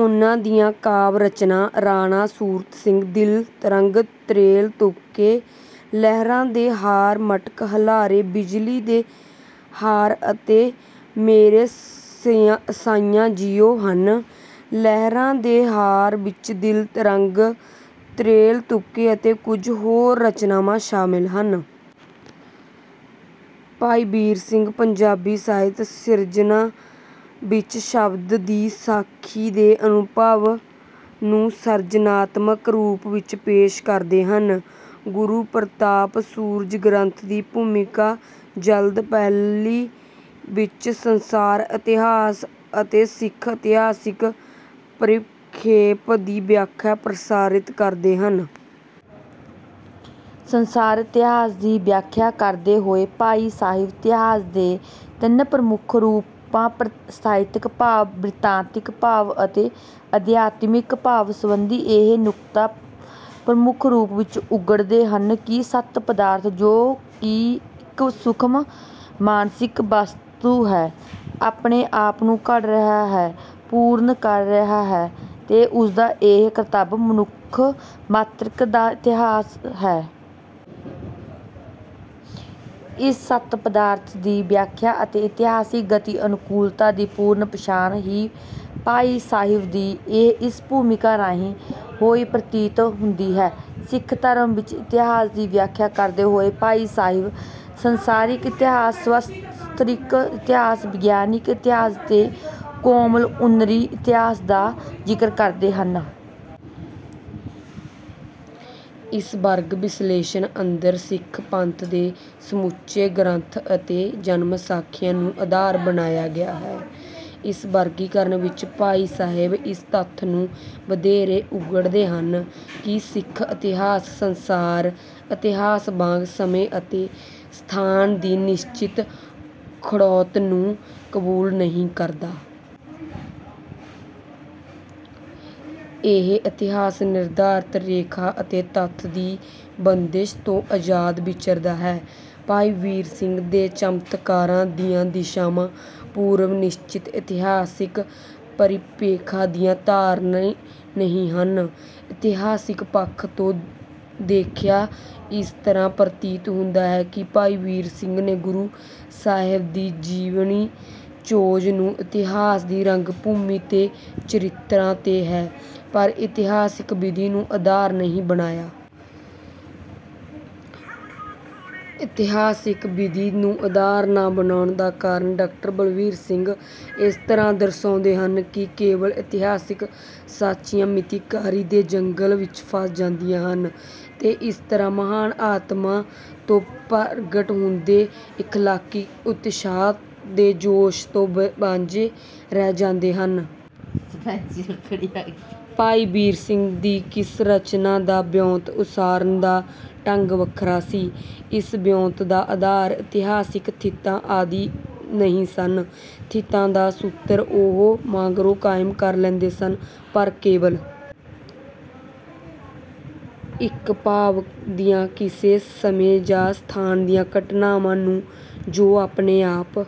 ਉਨ੍ਹਾਂ ਦੀਆਂ ਕਾਵਿ ਰਚਨਾਵਾਂ ਰਾਣਾ ਸੂਰਤ ਸਿੰਘ ਦਿਲ ਤਰੰਗ ਤ੍ਰੇਲ ਤੁਪਕੇ ਲਹਿਰਾਂ ਦੇ ਹਾਰ ਮਟਕ ਹੁਲਾਰੇ ਬਿਜਲੀਆਂ ਦੇ ਹਾਰ ਅਤੇ ਮੇਰੇ ਸਾਈਆਂ ਜੀਓ ਹਨ। ਲਹਿਰਾਂ ਦੇ ਹਾਰ ਵਿੱਚ ਦਿਲ ਤਰੰਗ ਤ੍ਰੇਲ ਤੁਪਕੇ ਅਤੇ ਕੁਝ ਹੋਰ ਰਚਨਾਵਾਂ ਸ਼ਾਮਿਲ ਹਨ। ਭਾਈ ਵੀਰ ਸਿੰਘ ਪੰਜਾਬੀ ਸਾਹਿਤ ਸਿਰਜਨਾ ਵਿੱਚ ਸ਼ਬਦ ਅਤੇ ਸਾਖੀ ਦੇ ਅਨੁਭਵ ਨੂੰ ਸਿਰਜਨਾਤਮਕ ਰੂਪ ਵਿੱਚ ਪੇਸ਼ ਕਰਦੇ ਹਨ। ਗੁਰ ਪ੍ਰਤਾਪ ਸੂਰਜ ਗ੍ਰੰਥ ਦੀ ਭੂਮਿਕਾ ਜਿਲਦ ਪਹਿਲੀ ਵਿੱਚ ਸੰਸਾਰ ਇਤਿਹਾਸ ਅਤੇ ਸਿੱਖ ਇਤਿਹਾਸਕ ਪਰਿਪੇਖ ਦੀ ਵਿਆਖਿਆ ਪ੍ਰਸਤਾ ਕਰਦੇ ਹਨ। ਸੰਸਾਰ ਇਤਿਹਾਸ ਦੀ ਵਿਆਖਿਆ ਕਰਦੇ ਹੋਏ ਭਾਈ ਸਾਹਿਬ ਇਤਿਹਾਸ ਦੇ ਤਿੰਨ ਪ੍ਰਮੁੱਖ ਰੂਪਾਂ ਸਾਹਿਤਕ ਭਾਵ ਬ੍ਰਿਤਾਂਤਿਕ ਭਾਵ ਅਤੇ ਅਧਿਆਤਮਕ ਭਾਵ ਸੰਬੰਧੀ ਇਹ ਨੁਕਤਾ ਪ੍ਰਮੁਖ ਰੂਪ ਵਿੱਚ ਉਘਾੜਦੇ ਹਨ ਕਿ ਸੱਤ ਪਦਾਰਥ ਜੋ ਕਿ ਇੱਕ ਸੂਖਮ ਮਾਨਸਿਕ ਵਸਤੂ ਹੈ ਆਪਣੇ ਆਪ ਨੂੰ ਘੜ ਰਿਹਾ ਹੈ ਪੂਰਨ ਕਰ ਰਿਹਾ ਹੈ ਤੇ ਉਸਦਾ ਇਹ ਕਰਤੱਵ ਮਨੁਖ ਮਾਤ੍ਰਾ ਦਾ ਇਤਿਹਾਸ ਹੈ। ਇਸ ਸਤ ਪਦਾਰਥ ਦੀ ਵਿਆਖਿਆ ਅਤੇ ਇਤਿਹਾਸਕ ਗਤੀ ਅਨੂਕੁਲਤਾ ਦੀ ਪੂਰਨ ਪਛਾਣ ਹੀ ਭਾਈ ਸਾਹਿਬ ਦੀ ਇਸ ਭੂਮਿਕਾ ਰਾਹੀਂ ਹੋਈ ਪ੍ਰਤੀਤ ਹੁੰਦੀ ਹੈ। ਸਿੱਖ ਧਰਮ ਵਿੱਚ ਇਤਿਹਾਸ ਦੀ ਵਿਆਖਿਆ ਕਰਦੇ ਹੋਏ ਭਾਈ ਸਾਹਿਬ ਸਾਰੰਸ਼ਿਕ ਇਤਿਹਾਸ ਸਵਿਸਥਰਿਕ ਇਤਿਹਾਸ ਵਿਗਿਆਨਕ ਇਤਿਹਾਸ ਤੇ ਕੋਮਲ ਉਨਰੀ ਇਤਿਹਾਸ ਦਾ ਜ਼ਿਕਰ ਕਰਦੇ ਹਨ। ਇਸ ਵਰਗ ਵਿਸ਼ਲੇਸ਼ਣ ਅੰਦਰ ਸਿੱਖ ਪੰਥ ਦੇ ਸਮੁਚੇ ਗ੍ਰੰਥਾਂ ਅਤੇ ਜਨਮਸਾਖੀਆਂ ਨੂੰ ਅਧਾਰ ਬਣਾਇਆ ਗਿਆ ਹੈ। ਇਸ ਵਰਗੀਕਰਨ ਵਿੱਚ ਭਾਈ ਸਾਹਿਬ ਇਸ ਤੱਥ ਨੂੰ ਵਧੇਰੇ ਉਗਾੜਦੇ ਹਨ ਕਿ ਸਿੱਖ ਇਤਿਹਾਸ ਸੰਸਾਰ ਇਤਿਹਾਸ ਵਾਂਗ ਸਮੇਂ ਅਤੇ ਸਥਾਨ ਦੀ ਨਿਸ਼ਚਿਤ ਖੜੋਤ ਨੂੰ ਕਬੂਲ ਨਹੀਂ ਕਰਦਾ। ਇਹ ਇਤਿਹਾਸ ਨਿਰਧਾਰਿਤ ਰੇਖਾ ਅਤੇ ਤਥਾ ਦੀ ਬੰਦਿਸ਼ ਤੋਂ ਅਜ਼ਾਦ ਵਿਚਰਦਾ ਹੈ। ਭਾਈ ਵੀਰ ਸਿੰਘ ਦੇ ਚਮਤਕਾਰਾਂ ਦੀਆਂ ਦਿਸ਼ਾਵਾਂ ਪੂਰਵ ਨਿਸ਼ਚਿਤ ਇਤਿਹਾਸਕ ਪਰਿਪੇਖ ਦੀਆਂ ਧਾਰਨੀ ਨਹੀਂ ਹਨ। ਇਤਿਹਾਸਕ ਪੱਖ ਤੋਂ ਦੇਖਿਆ ਇਸ ਤਰ੍ਹਾਂ ਪ੍ਰਤੀਤ ਹੁੰਦਾ ਹੈ ਕਿ ਭਾਈ ਵੀਰ ਸਿੰਘ ਨੇ ਗੁਰੂ ਸਾਹਿਬ ਦੇ ਜੀਵਨ ਚੋਜਾਂ ਨੂੰ ਇਤਿਹਾਸ ਦੀ ਰੰਗ ਭੂਮੀ ਤੇ ਚਿਤਰਿਆ ਤਾਂ ਹੈ ਪਰ ਇਤਿਹਾਸਕ ਵਿਧੀ ਨੂੰ ਆਧਾਰ ਨਹੀਂ ਬਣਾਇਆ। ਇਤਿਹਾਸਕ ਵਿਧੀ ਨੂੰ ਆਧਾਰ ਨਾ ਬਣਾਉਣ ਦਾ ਕਾਰਣ ਡਾਕਟਰ ਬਲਵੀਰ ਸਿੰਘ ਇਸ ਤਰ੍ਹਾਂ ਦਰਸਾਉਂਦੇ ਹਨ ਕਿ ਕੇਵਲ ਇਤਿਹਾਸਕ ਸਚਾਈਆਂ ਮਿਤੀਕਾਰੀ ਦੇ ਜੰਗਲ ਵਿੱਚ ਫਸ ਜਾਂਦੀਆਂ ਹਨ ਤੇ ਇਸ ਤਰ੍ਹਾਂ ਮਹਾਨ ਆਤਮਾ ਤੋਂ ਪ੍ਰਗਟ ਹੁੰਦੇ ਇਖਲਾਕੀ ਉਤਸ਼ਾਹ ਦੇ ਜੋਸ਼ ਤੋਂ ਵਾਜੇਂ ਰਹਿ ਜਾਂਦੇ ਹਨ। ਭਾਈ ਵੀਰ ਸਿੰਘ ਦੀ ਕਿਸੇ ਰਚਨਾ ਦਾ ਵਿਉਂਤ ਉਸਾਰਨ ਦਾ ਢੰਗ ਵੱਖਰਾ ਸੀ। ਇਸ ਵਿਉਂਤ ਦਾ ਆਧਾਰ ਇਤਿਹਾਸਕ ਥਿੱਤਾਂ ਆਦਿ ਨਹੀਂ ਸਨ। ਥਿੱਤਾਂ ਦਾ ਸੂਤਰ ਉਹ ਮਗਰੋਂ ਕਾਇਮ ਕਰ ਲੈਂਦੇ ਸਨ ਪਰ ਕੇਵਲ ਇੱਕ ਭਾਵ ਦੀਆਂ ਕਿਸੇ ਸਮੇਂ ਜਾਂ ਸਥਾਨ ਦੀਆਂ ਘਟਨਾਵਾਂ ਨੂੰ ਜੋ ਆਪਣੇ ਆਪ